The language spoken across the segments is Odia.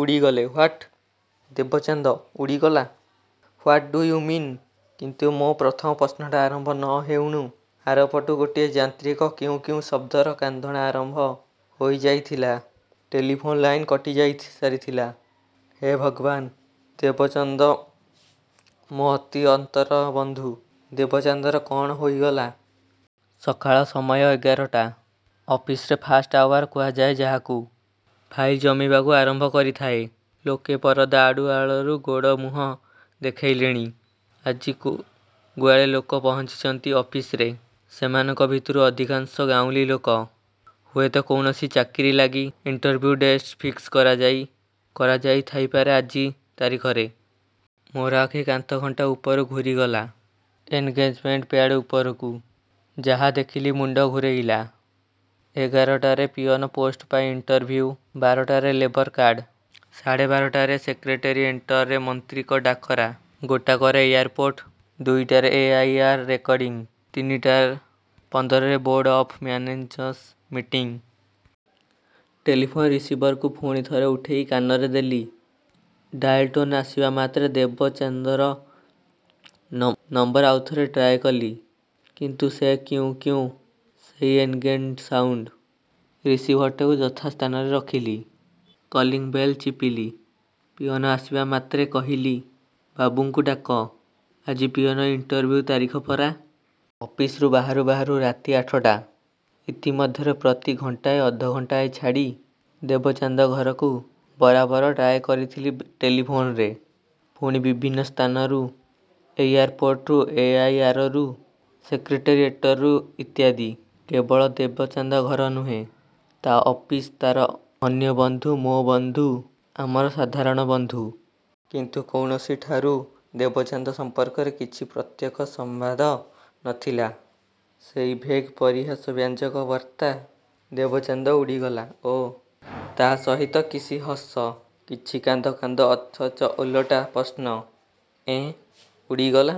ଉଡ଼ିଗଲେ ହ୍ୱାଟ, ଦେବଚାନ୍ଦ, ଉଡ଼ିଗଲା, ହ୍ୱାଟ ଡୁ ୟୁ ମିନ? କିନ୍ତୁ ମୋର ପ୍ରଥମ ପ୍ରଶ୍ନଟା ଆରମ୍ଭ ନ ହେଉଣୁ ଆରପଟୁ ଗୋଟାଏ ଯାନ୍ତ୍ରିକ କ୍ୟୁଁ କ୍ୟୁଁ ଶବ୍ଦର କାନ୍ଦଣା ଆରମ୍ଭ ହୋଇଯାଇଥିଲା। Telephone line କଟିଯାଇସାରିଥିଲା। ହେ ଭଗବାନ, ଦେବଚାନ୍ଦ ମୋର ଅତି ଅନ୍ତରଙ୍ଗ ବନ୍ଧୁ ଦେବଚାନ୍ଦର କଅଣ ହୋଇଗଲା। ସକାଳ ସମୟ ଏଗାରଟା। ଅଫିସରେ ଫାଷ୍ଟ ଆୱାର କୁହାଯାଏ ଯାହାକୁ। ଫାଇଲ ଜମିବାକୁ ଆରମ୍ଭ କରିଥାଏ। ଲୋକେ ପରଦା ଆଢ଼ୁଆଳରୁ ଗୋଡ଼ ମୁହଁ ଦେଖେଇଲେଣି। ଆଜିକୁ ଗୁଡ଼ାଏ ଲୋକ ପହଞ୍ଚିଛନ୍ତି ଅଫିସରେ। ସେମାନଙ୍କ ଭିତରୁ ଅଧିକାଂଶ ଗାଉଁଲୀ ଲୋକ। ହୁଏତ କୌଣସି ଚାକିରି ଲାଗି ଇଣ୍ଟରଭ୍ୟୁ ଡେଟ୍ ଫିକ୍ସ କରାଯାଇ କରାଯାଇ ଥାଇପାରେ ଆଜି ତାରିଖରେ। ମୋର ଆଖି କାନ୍ଥଘଣ୍ଟା ଉପରୁ ଘୂରିଗଲା ଏନଗେଜମେଣ୍ଟ ପ୍ୟାଡ୍ ଉପରକୁ। ଯାହା ଦେଖିଲି ମୁଣ୍ଡ ଘୂରେଇଲା। ଏଗାରଟାରେ ପିଅନ ପୋଷ୍ଟ ପାଇଁ ଇଣ୍ଟରଭ୍ୟୁ, ବାରଟାରେ ଲେବର କୋର୍ଟ, ସାଢ଼େ ବାରଟାରେ ସେକ୍ରେଟେରିଏଟରେ ମନ୍ତ୍ରୀଙ୍କ ଡକରା, ଗୋଟାକରେ ଏୟାରପୋର୍ଟ, ଦୁଇଟାରେ ଏ ଆଇ ଆର ରେକର୍ଡିଂ, ତିନିଟା ପନ୍ଦରରେ board of managers meeting. Telephone ରିସିଭରଟାକୁ ପୁଣି ଥରେ ଉଠେଇ କାନରେ ଦେଲି। ଡାଏଲ ଟୋନ ଆସିବା ମାତ୍ରେ ଦେବଚାନ୍ଦର ନଂ ନମ୍ବର ଆଉ ଥରେ ଟ୍ରାଏ କଲି। କିନ୍ତୁ ସେଇ କ୍ୟୁଁ କ୍ୟୁଁ, ସେଇ ଏନଗେଜ୍‌ଡ ସାଉଣ୍ଡ ରିସିଭରଟିକୁ ଯଥାସ୍ଥାନରେ ରଖିଲି। କଲିଂବେଲ ଚିପିଲି। ପିଅନ ଆସିବା ମାତ୍ରେ କହିଲି, ବାବୁମାନଙ୍କୁ ଡାକ, ଆଜି ପିଅନ ଇଣ୍ଟରଭ୍ୟୁ ତାରିଖ ପରା। ଅଫିସରୁ ବାହାରୁ ବାହାରୁ ରାତି ଆଠଟା। ଇତିମଧ୍ୟରେ ପ୍ରତି ଘଣ୍ଟାଏ ଅଧଘଣ୍ଟାଏ ଛାଡ଼ି ଦେବଚାନ୍ଦ ଘରକୁ ବରାବର ଟ୍ରାଏ କରିଥିଲି ଟେଲିଫୋନରେ। ପୁଣି ବିଭିନ୍ନ ସ୍ଥାନରୁ, ଏୟାରପୋର୍ଟରୁ, ଏ ଆଇ ଆରରୁ, ସେକ୍ରେଟେରିଏଟରୁ ଇତ୍ୟାଦି। କେବଳ ଦେବଚାନ୍ଦର ଘର ନୁହେଁ, ତା' ଅଫିସ, ତାର ଅନ୍ୟ ବନ୍ଧୁ, ମୋ ବନ୍ଧୁ, ଆମର ସାଧାରଣ ବନ୍ଧୁ। କିନ୍ତୁ କୌଣସିଠାରୁ ଦେବଚାନ୍ଦ ସମ୍ପର୍କରେ କିଛି ପ୍ରତ୍ୟକ୍ଷ ସମ୍ବାଦ ନ ଥିଲା। ସେଇ ଭେଗ୍ ପରିହାସବ୍ୟଞ୍ଜକ ବାର୍ତ୍ତା, ଦେବଚାନ୍ଦ ଉଡ଼ିଗଲା, ଓ ତା ସହିତ କିଛି ହସ, କିଛି କାନ୍ଦ କାନ୍ଦ ଅଥଚ ଓଲଟା ପ୍ରଶ୍ନ, ଏଁ ଉଡ଼ିଗଲା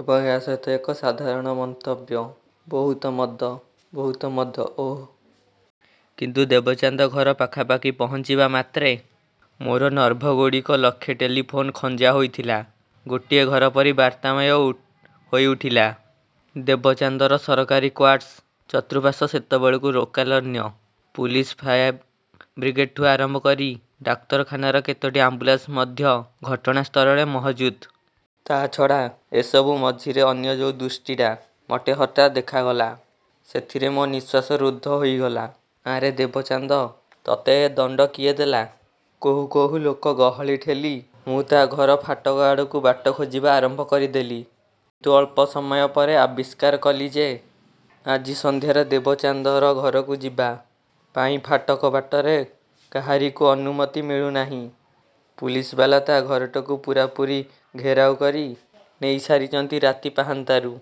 ଏବଂ ଏହା ସହିତ ଏକ ସାଧାରଣ ମନ୍ତବ୍ୟ, ବହୁତ ମଦ, ବହୁତ ମଦ, ଓଃ। କିନ୍ତୁ ଦେବଚାନ୍ଦ ଘର ପାଖାପାଖି ପହଞ୍ଚିବା ମାତ୍ରେ ମୋର ନର୍ଭଗୁଡ଼ାକ ଲକ୍ଷେ ଟେଲିଫୋନ ଖଞ୍ଜା ହୋଇଥିଲା। ଗୋଟିଏ ଘର ପରି ବାର୍ତ୍ତାମୟ ହୋଇଉଠିଲା। ଦେବଚାନ୍ଦର ସରକାରୀ କ୍ୱାଟର୍ସ ଚତୁଃପାର୍ଶ୍ୱ ସେତେବେଳକୁ ଲୋକାରଣ୍ୟ। ପୁଲିସ, ଫାୟାର ବ୍ରିଗେଡଠୁଁ ଆରମ୍ଭ କରି ଡାକ୍ତରଖାନାର କେତୋଟି ଆମ୍ବୁଲାନ୍ସ ମଧ୍ୟ ଘଟଣାସ୍ଥଳରେ ମହଜୁଦ। ତା ଛଡ଼ା, ଏସବୁ ମଝିରେ ଅନ୍ୟ ଯୋଉ ଦୃଶ୍ୟଟା ମତେ ହଠାତ୍ ଦେଖାଗଲା ସେଥିରେ ମୋ ନିଃଶ୍ୱାସ ରୁଦ୍ଧ ହୋଇଗଲା। ଆରେ ଦେବଚାନ୍ଦ, ତତେ ଏ ଦଣ୍ଡ କିଏ ଦେଲା। କହୁ କହୁ ଲୋକଗହଳି ଠେଲି ମୁଁ ତା ଘର ଫାଟକ ଆଡ଼କୁ ବାଟ ଖୋଜିବା ଆରମ୍ଭ କରିଦେଲି। କିନ୍ତୁ ଅଳ୍ପ ସମୟ ପରେ ଆବିଷ୍କାର କଲି ଯେ ଆଜି ସନ୍ଧ୍ୟାରେ ଦେବଚାନ୍ଦର ଘରକୁ ଯିବା ପାଇଁ ଫାଟକ ବାଟେ କାହାରିକୁ ଅନୁମତି ମିଳୁନାହିଁ। ପୁଲିସବାଲା ତା ଘରଟାକୁ ପୂରାପୂରି ଘେରାଉ କରି ନେଇସାରିଛନ୍ତି ରାତି ପାହାନ୍ତାରୁ।